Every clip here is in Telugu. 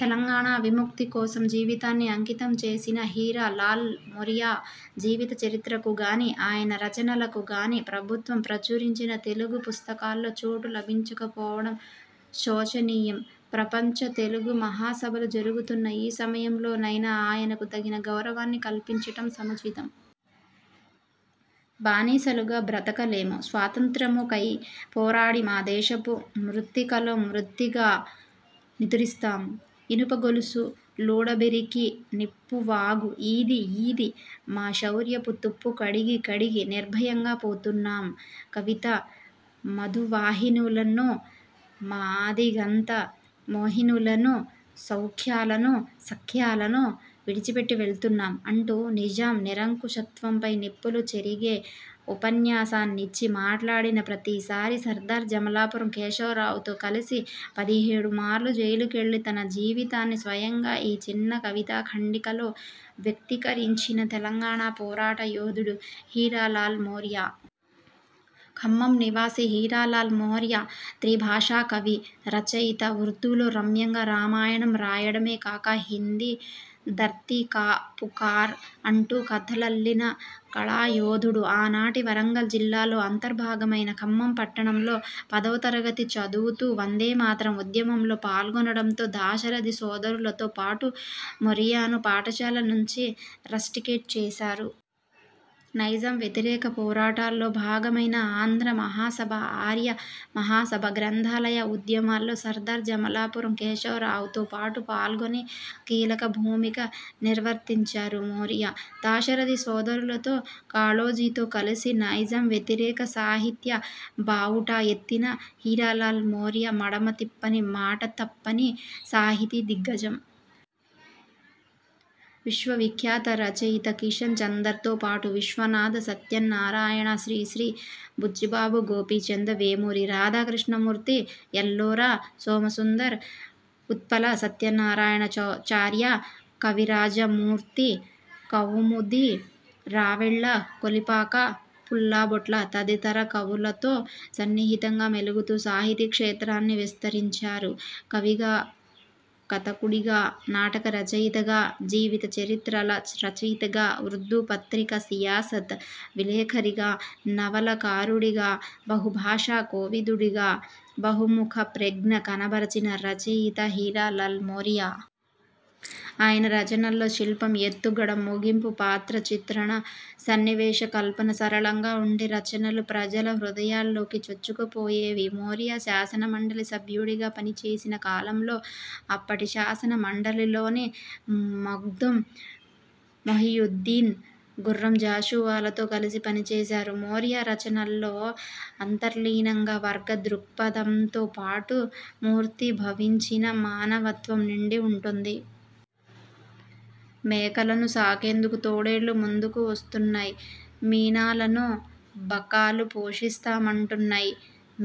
తెలంగాణా విముక్తి కోసం జీవితాన్ని అంకితం చేసిన హీరా లాల్ మోరియా జీవిత చరిత్రకు గాని, ఆయన రచనలకు గాని ప్రభుత్వం ప్రచురించిన తెలుగు పుస్తకాల్లో చోటు లభించకపోవడం శోచనీయం. ప్రపంచ తెలుగు మహాసభలు జరుగుతోన్న ఈ సమయంలో నైనా ఆయనకు తగిన గౌరవాన్ని కల్పించటం సముచితం. 'బానిసలుగ బ్రతకలేము. స్వాతంత్య్రముకై పోరాడి మా దేశపు మృత్తికలో మృత్తిగా నిదురిస్తాం! ఇనుపగొలుసు లూడబెరికి నిప్పువాగు ఈది ఈది, మా శౌర్యపు తుప్పు కడిగి కడిగి నిర్భయంగా పోతున్నాం! కవితా మధువాహినులను, మాదిగంత మోహినులను సౌఖ్యాలను, సఖ్యాలను విడిచిపెట్టి వెళ్తున్నాం,' అంటూ నిజాం నిరంకుశత్వంపై నిప్పులు చెరిగే ఉపన్యాసాన్నిచ్చి, మాట్లాడిన ప్రతీసారీ సర్దార్ జమలాపురం కేశవరావుతో కలిసి పదిహేడు మార్లు జైలుకెళ్ళి తన జీవితాన్ని స్వయంగా ఈ చిన్న కవితా ఖండికలో వ్యక్తీకరించిన తెలంగాణా పోరాట యోధుడు హీరాలాల్ మోరియా. ఖమ్మం నివాసి హీరాలాల్ మోరియా త్రిభాషా కవి, రచయిత. ఉర్దూలో రమ్యంగా రామాయణం రాయడమే కాక హిందీ 'దర్తీ కా పుకార్' అంటూ కథలల్లిన కళా యోధుడు. ఆనాటి వరంగల్ జిల్లాలో అంతర్భాగమైన ఖమ్మం పట్టణంలో పదవ తరగతి చదువుతూ 'వందే మాతరం' ఉద్యమంలో పాల్గొనడంతో దాశరథి సోదరులతో పాటు మోరియాను పాఠశాల నుంచి రస్టికేట్ చేశారు. నైజాం వ్యతిరేక పోరాటాల్లో భాగమైన ఆంధ్ర మహాసభ, ఆర్య మహాసభ, గ్రంథాలయ ఉద్యమాల్లో సర్దార్ జమలాపురం కేశవరావుతో పాటు పాల్గొని కీలక భూమిక నిర్వర్తించారు మోరియా. దాశరథి సోదరులతో, కాళోజీతో కలిసి నైజాం వ్యతిరేక సాహిత్య బావుటా ఎత్తిన హీరాలాల్ మోరియా మడమ తిప్పని, మాట తప్పని సాహితీ దిగ్గజం. విశ్వ విఖ్యాత రచయిత కిషన్ చందర్తో పాటు విశ్వనాథ సత్యన్నారాయణ, శ్రీశ్రీ, బుచ్చిబాబు, గోపీచంద్, వేమూరి రాధాకృష్ణమూర్తి, ఎల్లోరా, సోమసుందర్, ఉత్పల సత్యనారాయణ చార్య, కవిరాజ మూర్తి, కౌముది, రావెళ్ళ, కొలిపాక, పుల్లాబొట్ల తదితర కవులతో సన్నిహితంగా మెలుగుతూ సాహితీ క్షేత్రాన్ని విస్తరించారు. కవిగా, కథకుడిగా, నాటక రచయితగా, జీవిత చరిత్రల రచయితగా, ఉర్దూ పత్రిక సియాసత్ విలేఖరిగా, నవలా కారుడిగా, బహుభాషా కోవిదుడిగా బహుముఖ ప్రజ్ఞ కనబరచిన రచయిత హీరాలాల్ మోరియా. ఆయన రచనల్లో శిల్పం, ఎత్తుగడ, ముగింపు, పాత్ర చిత్రణ, సన్నివేశ కల్పన సరళంగా ఉండి రచనలు ప్రజల హృదయాల్లోకి చొచ్చుకు పోయేవి. మోరియా శాసన మండలి సభ్యుడిగా పనిచేసిన కాలంలో అప్పటి శాసన మండలిలోని మగ్దుం మొహియుద్దీన్, గుర్రం జాషువాలతో కలిసి పనిచేశారు. మోరియా రచనల్లో అంతర్లీనంగా వర్గ దృక్పథంతో పాటు, మూర్తీ భవించిన మానవత్వం నిండి ఉంటుంది. మేకలను సాకేందుకు తోడేళ్ళు ముందుకు వస్తూన్నై! మీనాలను బకాలు పోషిస్తామంటున్నై!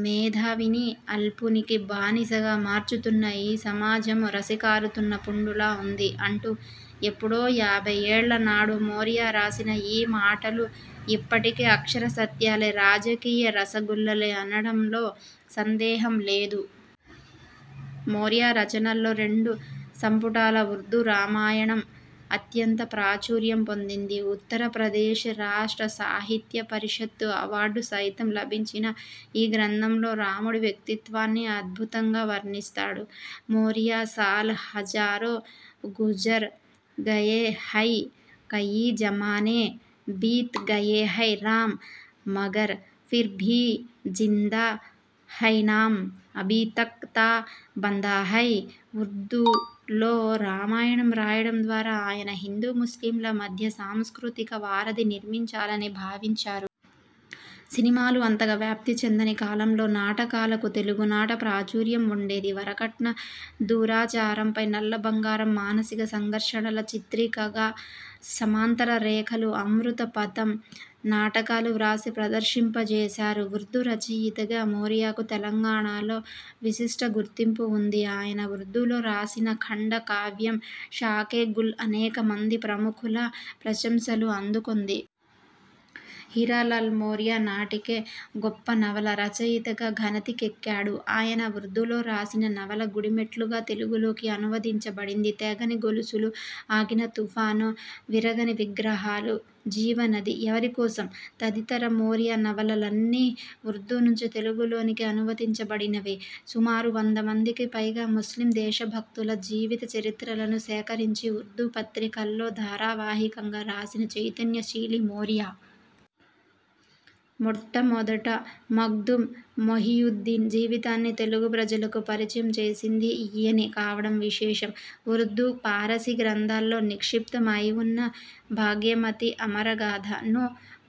మేధావిని అల్పునికి బానిసగా మార్చుతున్న ఈ సమాజం రసికారుతున్న పుండులా ఉంది అంటూ ఎప్పుడో యాభై ఏళ్ళనాడు మోరియా రాసిన ఈ మాటలు ఇప్పటికీ అక్షర సత్యాలే. రాజకీయ రసగుల్లలే అనడంలో సందేహం లేదు. మోరియా రచనల్లో రెండు సంపుటాల ఉర్దూ రామాయణం అత్యంత ప్రాచుర్యం పొందింది. ఉత్తర ప్రదేశ్ రాష్ట్ర సాహిత్య పరిషత్తు అవార్డు సైతం లభించిన ఈ గ్రంథంలో రాముడి వ్యక్తిత్వాన్ని అద్భుతంగా వర్ణిస్తాడు మోరియా సాల్ హజారో గుజర్ గయే హై కయీ జమానే బీత్ గయే హై రామ్ మగర్ ఫిర్ భీ జిందా హైనామ్ అబీ తక్ తా బందాహై ఉర్దూ లో రామాయణం రాయడం ద్వారా ఆయన హిందూ ముస్లింల మధ్య సాంస్కృతిక వారధి నిర్మించాలని భావించారు. సినిమాలు అంతగా వ్యాప్తి చెందని కాలంలో నాటకాలకు తెలుగునాట ప్రాచుర్యం ఉండేది. వరకట్న దురాచారంపై 'నల్ల బంగారం', మానసిక సంఘర్షణల చిత్రికగా 'సమాంతర రేఖలు', 'అమృత పథం' నాటకాలు వ్రాసి ప్రదర్శింపజేశారు. ఉర్దూ రచయితగా మోరియాకు తెలంగాణలో విశిష్ట గుర్తింపు ఉంది. ఆయన ఉర్దూ లో రాసిన ఖండ కావ్యం 'షాకే గుల్' అనేక మంది ప్రముఖుల ప్రశంసలు అందుకొంది. హీరాలాల్ మోరియా నాటికే గొప్పనవలా రచయితగా ఘనతి కెక్కాడు. ఆయన ఉర్దూలో రాసిన నవల 'గుడిమెట్లు'గా తెలుగులోకి అనువదించబడింది. 'తెగని గొలుసులు', 'ఆగిన తుఫాను', 'విరగని విగ్రహాలు', 'జీవనది', 'ఎవరికోసం? ' తదితర మోరియా నవలలన్నీ ఉర్దూ నుంచి తెలుగులోనికి అనువదించబడినవే! సుమారు వంద మందికి పైగా ముస్లిమ్ దేశభక్తుల జీవిత చరిత్రలను సేకరించి ఉర్దూ పత్రికల్లో ధారా వాహికంగా రాసిన చైతన్య శీలి మోరియా. మొట్ట మొదట మగ్దుం మొహియుద్దీన్ జీవితాన్ని తెలుగు ప్రజలకు పరిచయం చేసింది ఈయనే కావడం విశేషం. ఉర్దూ, పారశీ గ్రంథాల్లో నిక్షిప్తం అయి ఉన్న 'భాగ్యమతి అమరగాథ'ను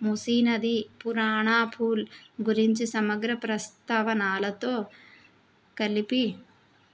మూసీనది పురాణా పూల్ గురించి సమగ్ర ప్రస్తావనలతో కలిపి